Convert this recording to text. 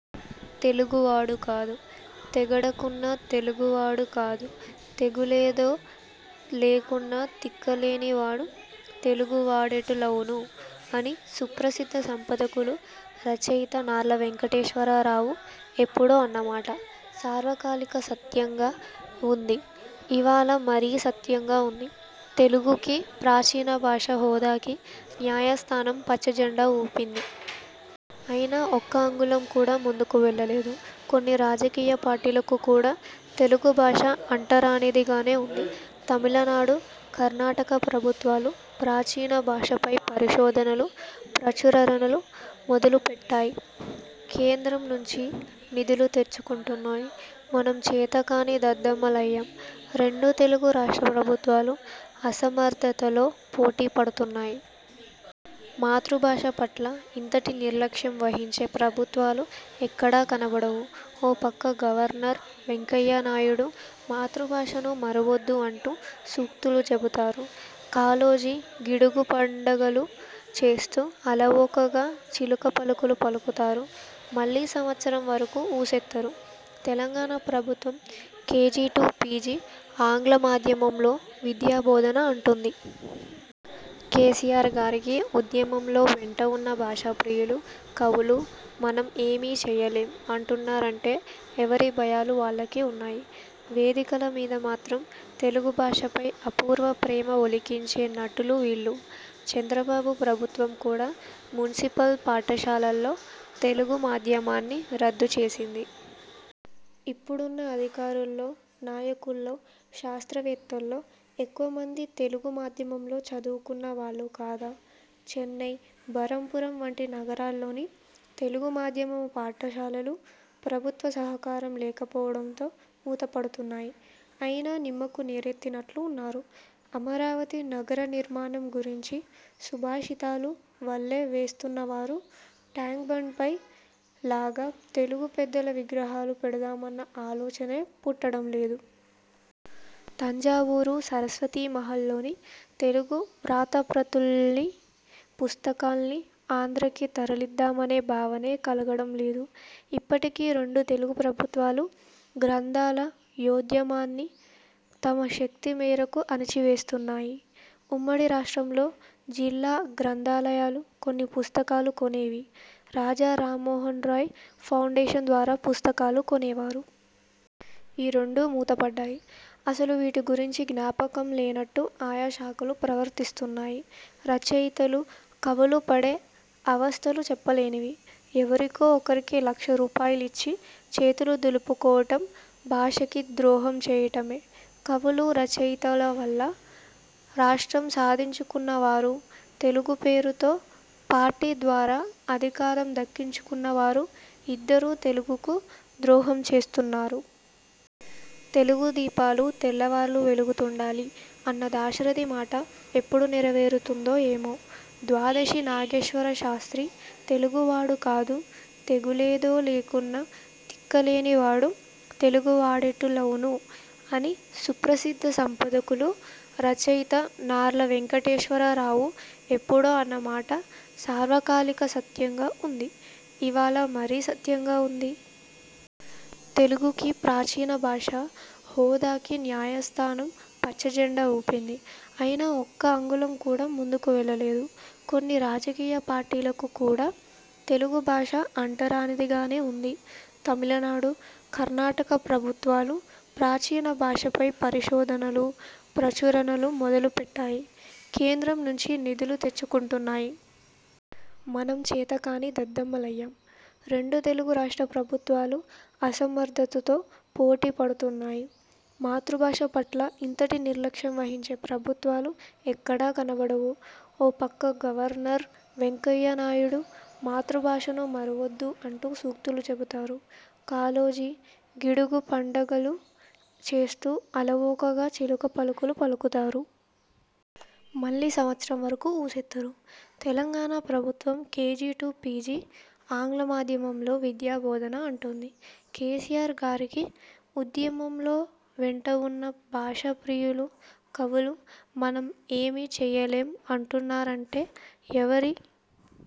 తెలుగు వాడు కాదు తెగడకున్న తెలుగు వాడు కాదు తెగులేదొ లేకున్న తిక్కలేని వాడు తెలుగు వాడెటులౌను! '' అని సుప్రసిద్ధ సంపాదకులు, రచయిత నార్ల వెంకటేశ్వరరావు ఎప్పుడో అన్నమాట సార్వకాలిక సత్యంగా వుంది ఇవాళ మరీ సత్యంగా వుంది. తెలుగుకి ప్రాచీన భాష హోదాకి న్యాయస్థానం పచ్చజెండా ఊపింది. అయినా ఒక్క అంగుళం కూడా ముందుకు వెళ్ళలేదు. కొన్ని రాజకీయ పార్టీలకు కూడా తెలుగు భాష అంటరానిది గానే వుంది. తమిళనాడు, కర్ణాటక ప్రభుత్వాలు ప్రాచీన భాషపై పరిశోధనలు, ప్రచురణలు మొదలుపెట్టాయి. కేంద్రం నుంచి నిధులు తెచ్చుకుంటున్నాయి. మనం చేతకాని దద్దమ్మలయ్యాం. రెండు తెలుగు రాష్ట్ర ప్రభుత్వాలు అసమర్థతలో పోటీ పడుతున్నాయి. మాతృభాష పట్ల ఇంతటి నిర్లక్ష్యం వహించే ప్రభుత్వాలు ఎక్కడా కనపడవు. ఓ పక్క గవర్నర్, వెంకయ్య నాయుడు మాతృభాషను మరువొద్దు అంటూ సూక్తులు చెబుతారు. కాళోజీ, గిడుగు పండగలు చేస్తూ అలవోకగా చిలుక పలుకులు పలుకుతారు. మళ్ళీ సంవత్సరం వరకు ఊసెత్తరు. తెలంగాణ ప్రభుత్వం కేజీ టు పీజీ ఆంగ్ల మాధ్యమంలో విద్యాబోధన అంటుంది. కేసీఆర్ గారికి ఉద్యమంలో వెంటవున్న భాషా ప్రియులు, కవులు 'మనం ఏమీ చెయ్యలేం' అంటున్నారంటే ఎవరి భయాలు వాళ్ళకి వున్నాయి. వేదికల మీద మాత్రం తెలుగు భాషపై అపూర్వ ప్రేమ ఒలికించే నటులు వీళ్ళు! చంద్రబాబు ప్రభుత్వం కూడా మునిసిపల్ పాఠశాలల్లో తెలుగు మాధ్యమాన్ని రద్దు చేసింది. ఇప్పుడున్న అధికారుల్లో, నాయకుల్లో, శాస్త్రవేత్తల్లో ఎక్కువమంది తెలుగు మాధ్యమంలో చదువుకున్న వాళ్ళు కాదా? చెన్నై, బరంపురం వంటి నగరాల్లోని తెలుగు మాధ్యమ పాఠశాలలు ప్రభుత్వ సహకారం లేకపోవడంతో మూతపడుతున్నాయి. అయినా నిమ్మకు నీరెత్తినట్లు ఉన్నారు. అమరావతి నగర నిర్మాణం గురించి సుభాషితాలు వల్లె వేస్తున్నవారు ట్యాంక్బండ్పై లాగా తెలుగు పెద్దల విగ్రహాలు పెడదామన్న ఆలోచనే పుట్టడం లేదు. తంజావూరు సరస్వతీ మహల్లోని తెలుగు వ్రాతప్రతుల్ని, పుస్తకాల్ని ఆంధ్రాకి తరలిద్దామనే భావనే కలగడంలేదు. ఇప్పటికి రెండు తెలుగు ప్రభుత్వాలు గ్రంథాల యోద్యమాన్ని తమ శక్తి మేరకు అణచి వేస్తున్నాయి. ఉమ్మడి రాష్ట్రంలో జిల్లా గ్రంథాలయాలు కొన్ని పుస్తకాలు కొనేవి. రాజా రామ్మోహన్రాయ్ ఫౌండేషన్ ద్వారా పుస్తకాలు కొనేవారు. ఈ రెండూ మూతపడ్డాయి. అసలు వీటి గురించి జ్ఞాపకం లేనట్టు ఆయా శాఖలూ ప్రవర్తిస్తున్నాయి. రచయితలు, కవులు పడే అవస్థలు చెప్పలేనివి. ఎవరికో ఒకరికి లక్ష రూపాయలిచ్చి చేతులు దులుపుకోవటం భాషకి ద్రోహం చెయ్యటమే. కవులు, రచయితల వల్ల రాష్ట్రం సాధించుకున్న వారూ, తెలుగు పేరుతో పార్టీ ద్వారా అధికారం దక్కించుకున్న వారూ ఇద్దరూ తెలుగుకు ద్రోహం చేస్తున్నారు. 'తెలుగు దీపాలు తెల్లవార్లూ వెలుగుతుండాలి' అన్న దాశరథి మాట ఎప్పుడు నెరవేరుతుందో ఏమో! ద్వాదశి నాగేశ్వర శాస్త్రి తెలుగువాడు కాదు తెగులేదొ లేకున్న తిక్కలేని వాడు తెలుగు వాడెటులౌను! '' అని సుప్రసిద్ధ సంపాదకులు, రచయిత నార్ల వెంకటేశ్వరరావు ఎప్పుడో అన్నమాట సార్వకాలిక సత్యంగా వుంది ఇవాళ మరీ సత్యంగా వుంది. తెలుగుకి ప్రాచీన భాష హోదాకి న్యాయస్థానం పచ్చజెండా ఊపింది. అయినా ఒక్క అంగుళం కూడా ముందుకు వెళ్ళలేదు. కొన్ని రాజకీయ పార్టీలకు కూడా తెలుగు భాష అంటరానిదిగానే వుంది. తమిళనాడు, కర్ణాటక ప్రభుత్వాలు ప్రాచీన భాషపై పరిశోధనలు, ప్రచురణలు మొదలు పెట్టాయి. కేంద్రం నుంచి నిధులు తెచ్చుకుంటున్నాయి. మనం చేతకాని దద్దమ్మలయ్యాం. రెండు తెలుగు రాష్ట్ర ప్రభుత్వాలు అసమర్థతలో పోటీ పడుతున్నాయి. మాతృభాష పట్ల ఇంతటి నిర్లక్ష్యం వహించే ప్రభుత్వాలు ఎక్కడా కనపడవు. ఓ పక్క గవర్నర్, వెంకయ్య నాయుడు మాతృభాషను మరువొద్దు అంటూ సూక్తులు చెబుతారు. కాళోజీ, గిడుగు పండగలు చేస్తూ అలవోకగా చిలుక పలుకులు పలుకుతారు. మళ్ళీ సంవత్సరం వరకు ఊసెత్తరు. తెలంగాణ ప్రభుత్వం కేజీ టు పీజీ ఆంగ్ల మాధ్యమంలో విద్యాబోధన అంటుంది. కేసీఆర్ గారికి ఉద్యమంలో వెంటవున్న భాషా ప్రియులు, కవులు 'మనం ఏమీ చెయ్యలేం' అంటున్నారంటే ఎవరి